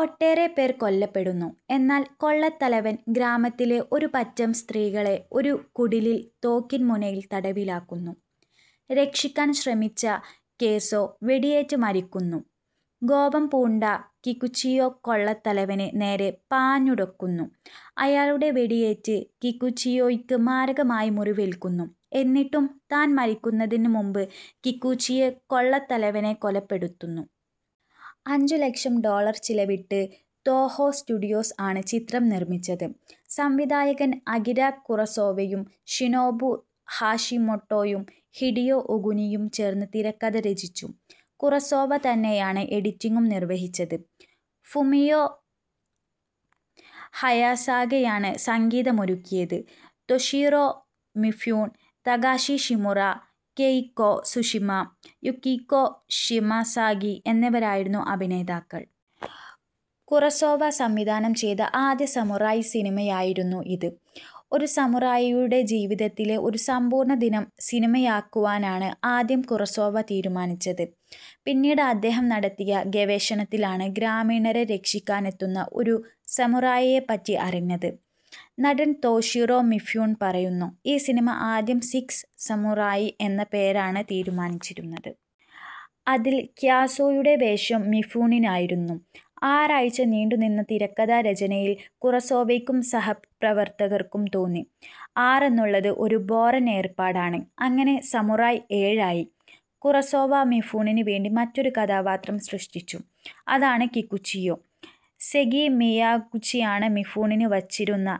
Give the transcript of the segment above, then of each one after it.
ഒട്ടേറെപ്പേർ കൊല്ലപ്പെടുന്നു. എന്നാൽ, കൊള്ളത്തലവൻ ഗ്രാമത്തിലെ ഒരു പറ്റം സ്ത്രീകളെ ഒരു കുടിലിൽ തോക്കിൻമുനയിൽ തടവിലാക്കുന്നു. രക്ഷിക്കാൻ ശ്രമിച്ച ക്യോസോ വെടിയേറ്റ് മരിക്കുന്നു. കോപം പൂണ്ട കികുചിയോ കൊള്ളത്തലവന് നേരെ പാഞ്ഞടുക്കുന്നു. അയാളു വെടിയേറ്റ് കികുചിയോയ്ക്ക് മാരകമായി മുറിവേൽക്കുന്നു. എന്നിട്ടും, താൻ മരിക്കുന്നതിന് മുമ്പ് കികുചിയോ കൊള്ളത്തലവനെ കൊലപ്പെടുത്തുന്നു. അഞ്ചുലക്ഷം ഡോളർ ചിലവിട്ട് തോഹോ സ്റ്റുഡിയോസ് ആണ് ചിത്രം നിർമിച്ചത്. സംവിധായകൻ അകിര കുറസോവയും ഷിനോബു ഹാഷിമോട്ടോയും ഹിഡിയോ ഒഗുനിയും ചേർന്ന് തിരക്കഥ രചിച്ചു. കുറസോവ തന്നെയാണ് എഡിറ്റിംഗും നിർവഹിച്ചത്. ഫുമിയോ ഹയാസാകയാണ് സംഗീതമൊരുക്കിയത്. Toshiro Mifune, Takashi Shimura, Keiko Tsushima, Yukiko Shimazaki എന്നിവരായിരുന്നു അഭിനേതാക്കൾ. കുറസോവ സംവിധാനം ചെയ്ത ആദ്യ സമുറായ് സിനിമയായിരുന്നു ഇത്. ഒരു സമുറായിയുടെ ജീവിതത്തിലെ ഒരു സമ്പൂർണദിനം സിനിമയാക്കുവാനാണ് ആദ്യം കുറസോവ തീരുമാനിച്ചത്. പിന്നീട് അദ്ദേഹം നടത്തിയ ഗവേഷണത്തിലാണ് ഗ്രാമീണരെ രക്ഷിക്കാനെത്തുന്ന ഒരു സമുറായിയെപ്പറ്റി അറിഞ്ഞത്. നടൻ തോഷിറോ മിഫ്യൂൺ പറയുന്നു: ഈ സിനിമ ആദ്യം സിക്സ് സമുറായി എന്ന പേരാണ് തീരുമാനിച്ചിരുന്നത്. അതിൽ ക്യോസോയുടെ വേഷം മിഫ്യൂണിനായിരുന്നു. ആറാഴ്ച നീണ്ടു നിന്ന തിരക്കഥാ രചനയിൽ കുറസോവയ്ക്കും സഹപ്രവർത്തകർക്കും തോന്നി. ആറെന്നുള്ളത് ഒരു ബോറൻ ഏർപ്പാടാണ്. അങ്ങനെ സമുറായ് ഏഴായി. കുറസോവ മിഫ്യൂണിന് വേണ്ടി മറ്റൊരു കഥാപാത്രം സൃഷ്ടിച്ചു. അതാണ് കികുചിയോ. സെഗി മിയാഗുചിയാണ് മിഫൂണിന് വച്ചിരുന്ന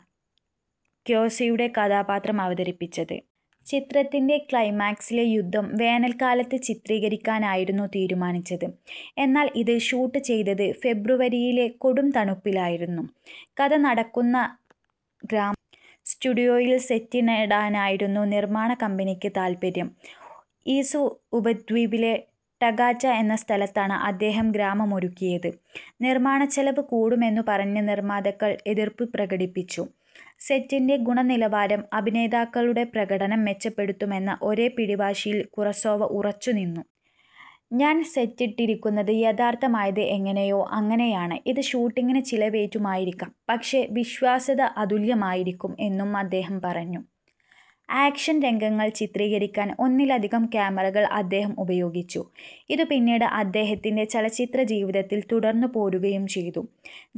ക്യോസോയുടെ കഥാപാത്രം അവതരിപ്പിച്ചത്. ചിത്രത്തിന്റെ ക്ലൈമാക്സിലെ യുദ്ധം വേനൽക്കാലത്ത് ചിത്രീകരിക്കാനായിരുന്നു തീരുമാനിച്ചത്. എന്നാൽ, ഇത് ഷൂട്ട് ചെയ്തത് ഫെബ്രുവരിയിലെ കൊടുംതണുപ്പിലായിരുന്നു. കഥ നടക്കുന്ന ഗ്രാമം സ്റ്റുഡിയോയിൽ സെറ്റിടാനായിരുന്നു നിർമ്മാണകമ്പനിയ്ക്ക് താൽപര്യം. ഇസു ഉപദ്വീപിലെ ടഗാറ്റ എന്ന സ്ഥലത്താണ് അദ്ദേഹം ഗ്രാമമൊരുക്കിയത്. നിർമ്മാണചെലവ് കൂടുമെന്നു പറഞ്ഞ് നിർമാതാക്കൾ എതിർപ്പു പ്രകടിപ്പിച്ചു. സെറ്റിന്റെ ഗുണനിലവാരം അഭിനേതാക്കളുടെ പ്രകടനം മെച്ചപ്പെടുത്തുമെന്ന ഒരേ പിടിവാശിയിൽ കുറസോവ ഉറച്ചു നിന്നു. ഞാൻ സെറ്റിട്ടിരിക്കുന്നത് യഥാർഥമായത് എങ്ങനെയോ അങ്ങനെയാണ്. ഇത് ഷൂട്ടിംഗിന് ചിലവേറ്റുമായിരിക്കാം. പക്ഷേ, വിശ്വാസ്യത അതുല്യമായിരിക്കും എന്നും അദ്ദേഹം പറഞ്ഞു. ആക്ഷൻ രംഗങ്ങൾ ചിത്രീകരിക്കാൻ ഒന്നിലധികം ക്യാമറകൾ അദ്ദേഹം ഉപയോഗിച്ചു. ഇതു പിന്നീട് അദ്ദേഹത്തിന്റെ ചലച്ചിത്രജീവിതത്തിൽ തുടർന്നു പോരുകയും ചെയ്തു.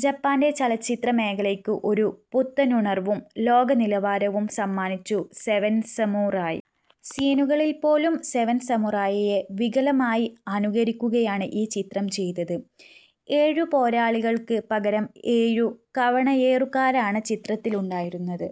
ജപ്പാന്റെ ചലച്ചിത്ര മേഖലയ്ക്ക് ഒരു പുത്തനുണർവും ലോകനിലവാരവും സമ്മാനിച്ചു സെവൻസമുറായി. സീനുകളിൽപ്പോലും സെവൻസമുറായിയെ വികലമായി അനുകരിക്കുകയാണ് ഈ ചിത്രം ചെയ്തത്. ഏഴുപോരാളികൾക്ക് പകരം ഏഴു കവണയേറുകാരാണ് ചിത്രത്തിലുണ്ടായിരുന്നത്.